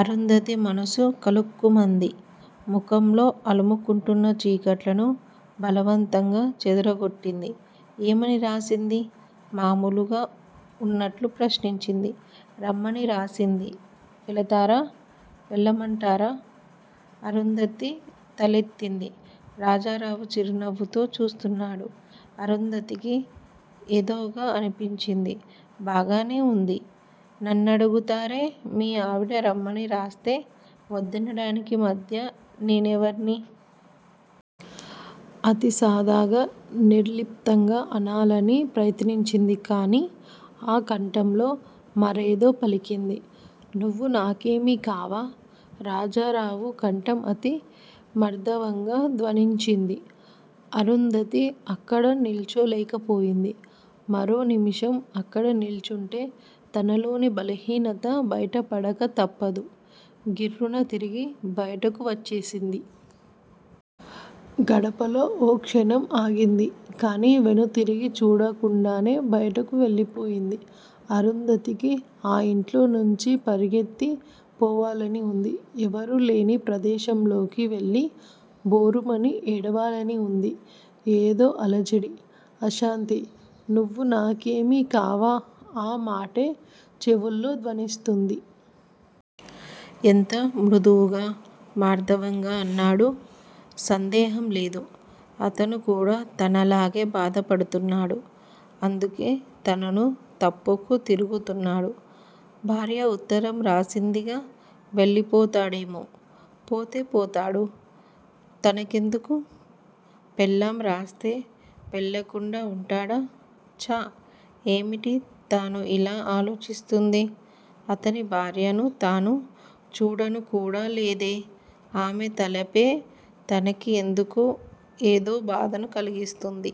అరుంధతి మనసు కలుక్కుమంది. ముఖంలో అలుముకుంటున్న చీకట్లను బలవంతంగా చెదరగొట్టింది. ఏమని రాసింది? మామూలుగా ఉన్నట్లు ప్రశ్నించింది. రమ్మని రాసింది! వెళతారా? వెళ్ళమంటారా? అరుంధతి తలెత్తింది. రాజారావు చిరునవ్వుతో చూస్తున్నాడు. అరుంధతికి ఏదోగా అనిపించింది. బాగానే ఉంది. నన్నడుగుతారే? మీ ఆవిడ రమ్మని రాస్తే వద్దనడానికి మధ్య నేనెవర్ని! అతి సాదాగా నిర్లిప్తంగా అనాలని ప్రయత్నించింది. కాని ఆ కంఠంలో మరేదో పలికింది. నువ్వు నాకేమీ కావా? రాజారావు కంఠం అతి మర్దవంగా ధ్వనించింది. అరుంధతి అక్కడ నిల్చోలేక పోయింది. మరో నిమిషం అక్కడ నిల్చుంటే తనలోని బలహీనత బయటపడక తప్పదు. గిర్రున తిరిగి బయటకు వచ్చేసింది. గడపలో ఓ క్షణం ఆగింది. కాని వెనుతిరిగి చూడకుండానే బయటకు వెళ్ళిపోయింది. అరుంధతికి ఆ ఇంట్లో నుంచి పరుగెత్తి పోవాలని వుంది. ఎవరూ లేని ప్రదేశంలోకి వెళ్ళి బోరుమని ఏడవాలని వుంది. ఏదో అలజడి! అశాంతి! నువ్వు నాకేమీ కావా? ఆ మాటే చెవుల్లో ధ్వనిస్తూంది. ఎంత మృదువుగా, మార్దవంగా అన్నాడు! సందేహం లేదు. అతను కూడా తనలాగే బాధపడుతున్నాడు. అందుకే తనను తప్పుకు తిరుగుతున్నాడు. భార్య ఉత్తరం రాసిందిగా వెళ్ళిపోతాడేమో? పోతే పోతాడు. తనకెందుకు? పెళ్ళాం రాస్తే వెళ్ళకుండా వుంటాడా? ఛ! ఏమిటి తాను ఇలా ఆలోచిస్తూంది? అతని భార్యను తాను చూడనుకూడా లేదే ఆమె తలపే తనకు ఎందుకు ఏదో బాధను కలిగిస్తుంది?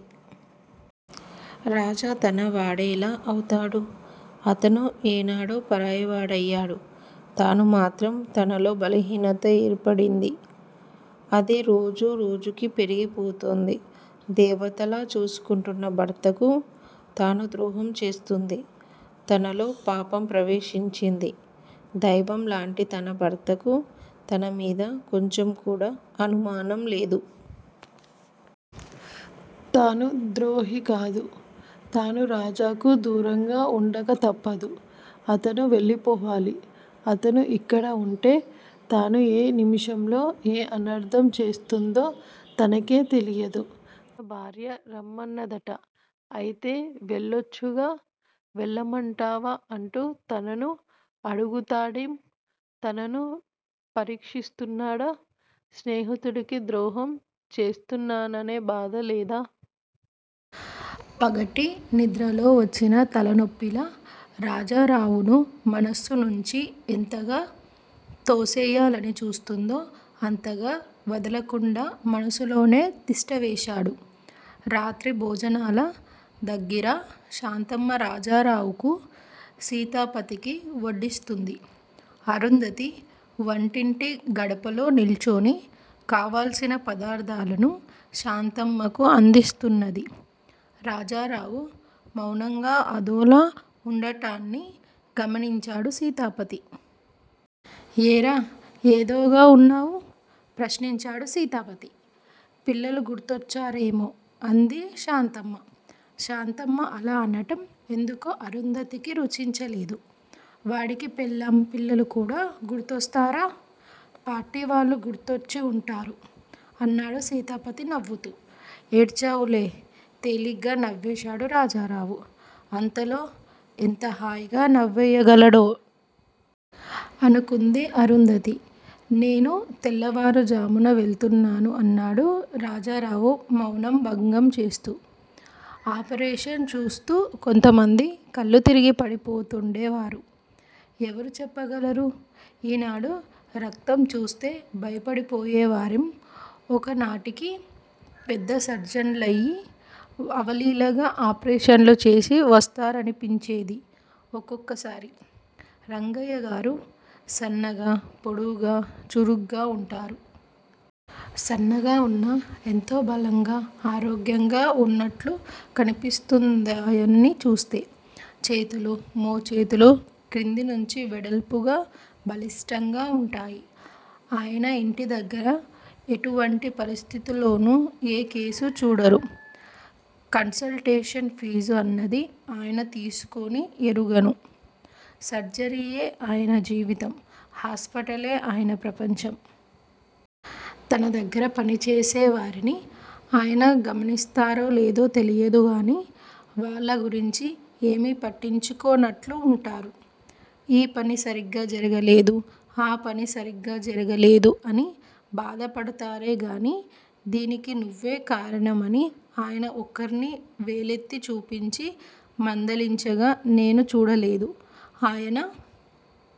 రాజా తన వాడెలా అవుతాడు? అతను ఏనాడో పరాయివాడయ్యాడు. తాను మాత్రం! తనలో బలహీనత ఏర్పడింది. అది రోజు రోజుకూ పెరిగి పోతూంది. దేవతలా చూసుకుంటున్న భర్తకు తాను ద్రోహం చేస్తూంది. తనలో పాపం ప్రవేశించింది. దైవం లాంటి తన భర్తకు తన మీద కొంచెం కూడా అనుమానం లేదు. తాను ద్రోహి కాదు. తాను రాజాకు దూరంగా వుండక తప్పదు. అతను వెళ్ళిపోవాలి. అతను ఇక్కడ వుంటే తాను ఏ నిముషంలో ఏ అనర్ధం చేస్తుందో తనకే తెలియదు. తన భార్య రమ్మన్నదట! అయితే వెళ్ళొచ్చుగా? వెళ్ళమంటావా అంటూ తనను అడుగుతాడేం? తనను పరీక్షిస్తున్నాడా? స్నేహితుడికి ద్రోహం చేస్తున్నాననే బాధ లేదా? పగటి నిద్రలో వచ్చిన తలనొప్పిలా, రాజారావును మనస్సునించి ఎంతగా తోసెయ్యాలని చూస్తుందో అంతగా వదలకుండా మనస్సులోనే తిష్ఠ వేశాడు. రాత్రి భోజనాల దగ్గిర శాంతమ్మ రాజారావుకూ సీతాపతికి వడ్డిస్తూంది. అరుంధతి వంటింటి గడపలో నిల్చొని కావాల్సిన పదార్ధాలను శాంతమ్మకు అందిస్తున్నది. రాజారావు మౌనంగా అదోలా వుండటాన్ని గమనించాడు సీతాపతి. ఏరా ఏదోగా వున్నావు? ప్రశ్నించాడు సీతాపతి. పిల్లలు గుర్తొచ్చారేమో? అంది శాంతమ్మ. శాంతమ్మ అలా అనటం ఎందుకో అరుంధతికి రుచించలేదు. వాడికి పెళ్ళాం పిల్లలు కూడా గుర్తొస్తారా? పార్టీవాళ్ళు గుర్తొచ్చి వుంటారు అన్నాడు సీతాపతి నవ్వుతూ. ఏడ్చావులే తేలిగ్గా నవ్వేశాడు రాజారావు. అంతలో ఎంత హాయిగా నవ్వేయగలడో! అనుకుంది అరుంధతి. నేను తెల్లవారుఝామున వెళుతున్నాను అన్నాడు రాజారావు మౌనం భంగంచేస్తూ. ఆపరేషన్ చూస్తూ కొంతమంది కళ్ళు తిరిగి పడి పోతూండే వారు. ఎవరు చెప్పగలరు, యీనాడు రక్తం చూస్తే భయపడిపోయేవారేం ఒక నాటికి పెద్ద సర్జన్లయి, అవలీలగా ఆపరేషన్లు చేసి వస్తారనిపించేది ఒక్కొక్కసారి. రంగయ్యగారు సన్నగా, పొడవుగా, చురుగ్గా వుంటారు. సన్నగా వున్నా ఎంతో బలంగా, ఆరోగ్యంగా వున్నట్లు కనిపిస్తుందాయన్ని చూస్తే. చేతులు మోచేతులు క్రింది నుంచి వెడల్పుగా, బలిష్ఠంగా వుంటాయి. ఆయన యింటి దగ్గర ఎటువంటి పరిస్థితుల్లోనూ ఏ కేసూ చూడరు. కన్సల్టేషన్ ఫీజు అన్నది ఆయన తీసుకుని ఎరుగను. సర్జరీయే ఆయన జీవితం! హాస్పిటలే ఆయన ప్రపంచం. తన దగ్గర పని చేసే వారిని ఆయన గమనిస్తారో లేదో తెలియదుగాని వాళ్ళ గురించి ఏమీ పట్టించుకోనట్లు వుంటారు. ఈ పని సరిగ్గా జరగలేదు. ఆపని సరిగ్గా జరగలేదు అని బాధ పడతారే గాని దీనికి నువ్వే కారణం అని ఆయన ఒకర్ని వేలెత్తి చూపించి మందలించగా నేను చూడలేదు. ఆయన